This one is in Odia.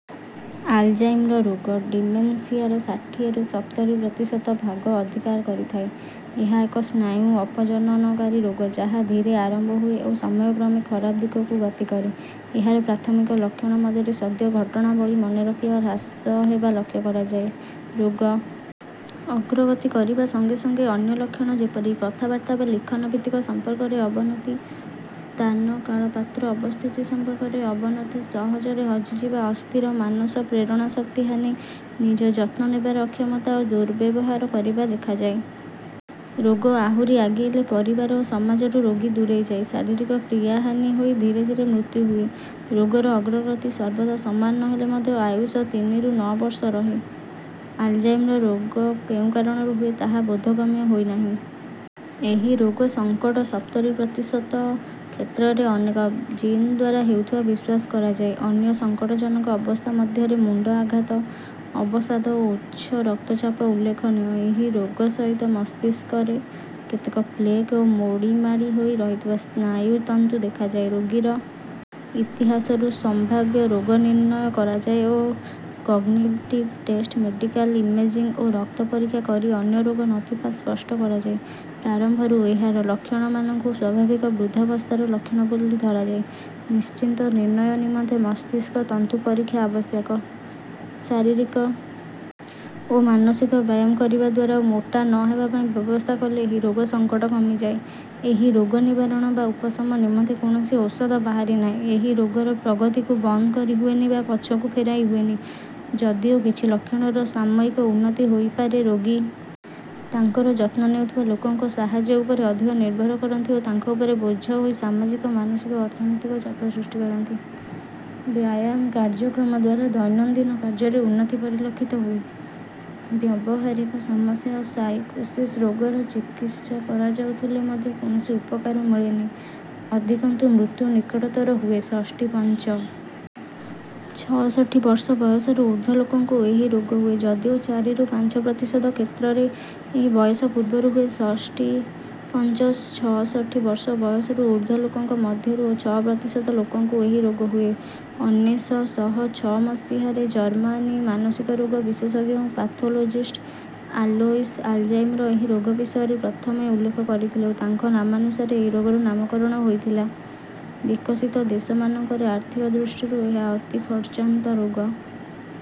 ଆଲଜାଇମର ରୋଗ, ଡିମେନ୍ସିଆର ଷାଠିଏ ରୁ ସପ୍ତରୀ ପ୍ରତିଶତ ଭାଗ ଅଧିକାର କରିଥାଏ। ଏହା ଏକ ସ୍ନାୟୁ ଅପଜନନକାରୀ ରୋଗ, ଯାହା ଧୀରେ ଆରମ୍ଭ ହୁଏ ଓ ସମୟକ୍ରମେ ଖରାପ ଦିଗକୁ ଗତି କରେ। ଏହାର ପ୍ରାଥମିକ ଲକ୍ଷଣ ମଧ୍ୟରେ ସଦ୍ୟ ଘଟଣାବଳୀ ମନେରଖିବା ହ୍ରାସ ହେବା ଲକ୍ଷ୍ୟ କରାଯାଏ। ରୋଗ ଅଗ୍ରଗତି କରିବା ସଙ୍ଗେ ସଙ୍ଗେ ଅନ୍ୟ ଲକ୍ଷଣ ଯେପରିକି କଥାବାର୍ତ୍ତା ବା ଲିଖନ ଭିତ୍ତିକ ସମ୍ପର୍କରେ ଅବନତି, ସ୍ଥାନ କାଳ ପାତ୍ର ଅବସ୍ଥିତି ସମ୍ପର୍କରେ ଅବନତି, ସହଜରେ ହଜିଯିବା, ଅସ୍ଥିର ମାନସ, ପ୍ରେରଣାଶକ୍ତି ହାନି, ନିଜ ଯତ୍ନ ନେବାରେ ଅକ୍ଷମତା ଓ ଦୁର୍ବ୍ୟବହାର କରିବା ଦେଖାଯାଏ। ରୋଗ ଆହୁରି ଆଗେଇଲେ ପରିବାର ଓ ସମାଜରୁ ରୋଗୀ ଦୂରେଇଯାଏ। ଶାରୀରିକ କ୍ରିୟାହାନି ହୋଇ ଧୀରେ ଧୀରେ ମୃତ୍ୟୁ ହୁଏ। ରୋଗର ଅଗ୍ରଗତି ସର୍ବଦା ସମାନ ନ ହେଲେ ମଧ୍ୟ ଆୟୁଷ ତିନି ରୁ ନଅ ବର୍ଷ ରହେ। ଆଲଜାଇମର ରୋଗ କେଉଁ କାରଣରୁ ହୁଏ, ତାହା ବୋଧଗମ୍ୟ ହୋଇନାହିଁ। ଏହି ରୋଗ ସଙ୍କଟ ସପ୍ତରୀ ପ୍ରତିଶତ କ୍ଷେତ୍ରରେ ଅନେକ ଜିନ୍‌ ଦ୍ୱାରା ହେଉଥିବା ବିଶ୍ୱାସ କରାଯାଏ। ଅନ୍ୟ ସଙ୍କଟଜନକ ଅବସ୍ଥା ମଧ୍ୟରେ ମୁଣ୍ଡ ଆଘାତ, ଅବସାଦ ଓ ଉଚ୍ଛ ରକ୍ତଚାପ ଉଲ୍ଲେଖନୀୟ। ଏହି ରୋଗ ସହିତ ମସ୍ତିଷ୍କରେ କେତେକ ପ୍ଲେକ୍ ଓ ମୋଡ଼ିମାଡ଼ି ହୋଇ ରହିଥିବା ସ୍ନାୟୁ ତନ୍ତୁ ଦେଖାଯାଏ। ରୋଗୀର ଇତିହାସରୁ ସମ୍ଭାବ୍ୟ ରୋଗ ନିର୍ଣ୍ଣୟ କରାଯାଏ ଓ କଗ୍ନିଟିଭ୍ ଟେଷ୍ଟ, ମେଡିକାଲ ଇମେଜିଙ୍ଗ୍ ଓ ରକ୍ତ ପରୀକ୍ଷା କରି ଅନ୍ୟ ରୋଗ ନ ଥିବା ସ୍ପଷ୍ଟ କରାଯାଏ। ପ୍ରାରମ୍ଭରୁ ଏହାର ଲକ୍ଷଣମାନଙ୍କୁ ସ୍ୱାଭାବିକ ବୃଦ୍ଧାବସ୍ଥାର ଲକ୍ଷଣ ବୋଲି ଧରାଯାଏ। ନିଶ୍ଚିତ ନିର୍ଣ୍ଣୟ ନିମନ୍ତେ ମସ୍ତିଷ୍କ ତନ୍ତୁ ପରୀକ୍ଷା ଆବଶ୍ୟକ। ଶାରୀରିକ ଓ ମାନସିକ ବ୍ୟାୟାମ କରିବା ଦ୍ୱାରା ଓ ମୋଟା ନ ହେବା ପାଇଁ ବ୍ୟବସ୍ଥା କଲେ ଏହି ରୋଗ ସଙ୍କଟ କମିଯାଏ। ଏହି ରୋଗ ନିବାରଣ ବା ଉପଶମ ନିମନ୍ତେ କୌଣସି ଔଷଧ ବାହାରି ନାହିଁ। ଏହି ରୋଗର ପ୍ରଗତିକୁ ବନ୍ଦ କରିହୁଏନି ବା ପଛକୁ ଫେରାଇ ହୁଏନି, ଯଦିଓ କିଛି ଲକ୍ଷଣର ସାମୟିକ ଉନ୍ନତି ହୋଇପାରେ। ରୋଗୀ ତାଙ୍କର ଯତ୍ନ ନେଉଥିବା ଲୋକଙ୍କ ସାହାଯ୍ୟ ଉପରେ ଅଧିକ ନିର୍ଭର କରନ୍ତି ଓ ତାଙ୍କ ଉପରେ ବୋଝ ହୋଇ ସାମାଜିକ, ମାନସିକ ଓ ଅର୍ଥନୈତିକ ଚାପ ସୃଷ୍ଟି କରନ୍ତି। ବ୍ୟାୟାମ କାର୍ଯ୍ୟକ୍ରମ ଦ୍ୱାରା ଦୈନନ୍ଦିନ କାର୍ଯ୍ୟରେ ଉନ୍ନତି ପରିଲକ୍ଷିତ ହୁଏ। ବ୍ୟବହାରିକ ସମସ୍ୟା ଓ ସାଇକୋସିସ୍ ରୋଗର ଚିକିତ୍ସା କରାଯାଉଥିଲେ ମଧ୍ୟ କୌଣସି ଉପକାର ମିଳେନି, ଅଧିକନ୍ତୁ ମୃତ୍ୟୁ ନିକଟତର ହୁଏ। ଷଷ୍ଠୀପଞ୍ଚ (ଛଷଠି) ବର୍ଷ ବୟସରୁ ଊର୍ଦ୍ଧ୍ୱ ଲୋକଙ୍କୁ ଏହି ରୋଗ ହୁଏ, ଯଦିଓ ଚାରି ରୁ ପାଞ୍ଚ ପ୍ରତିଶତ କ୍ଷେତ୍ରରେ ଏହି ବୟସ ପୂର୍ବରୁ ହୁଏ। ଷଷ୍ଠୀପଞ୍ଚ (ଛଷଠି) ବର୍ଷ ବୟସରୁ ଊର୍ଦ୍ଧ୍ୱ ଲୋକଙ୍କ ମଧ୍ୟରୁ ଛଅ ପ୍ରତିଶତ ଲୋକଙ୍କୁ ଏହି ରୋଗ ହୁଏ। ଅନେଶ ଶହ ଛଅ ମସିହା ରେ ଜର୍ମାନୀ ମାନସିକ ରୋଗ ବିଶେଷଜ୍ଞ ଓ ପାଥୋଲୋଜିଷ୍ଟ ଆଲୋଇସ୍ ଆଲଜାଇମର ଏହି ରୋଗ ବିଷୟରେ ପ୍ରଥମେ ଉଲ୍ଲେଖ କରିଥିଲେ ଓ ତାଙ୍କ ନାମାନୁସାରେ ଏହି ରୋଗର ନାମକରଣ ହୋଇଥିଲା। ବିକଶିତ ଦେଶମାନଙ୍କରେ ଆର୍ଥିକ ଦୃଷ୍ଟିରୁ ଏହା ଅତି ଖର୍ଚ୍ଚାନ୍ତ ରୋଗ।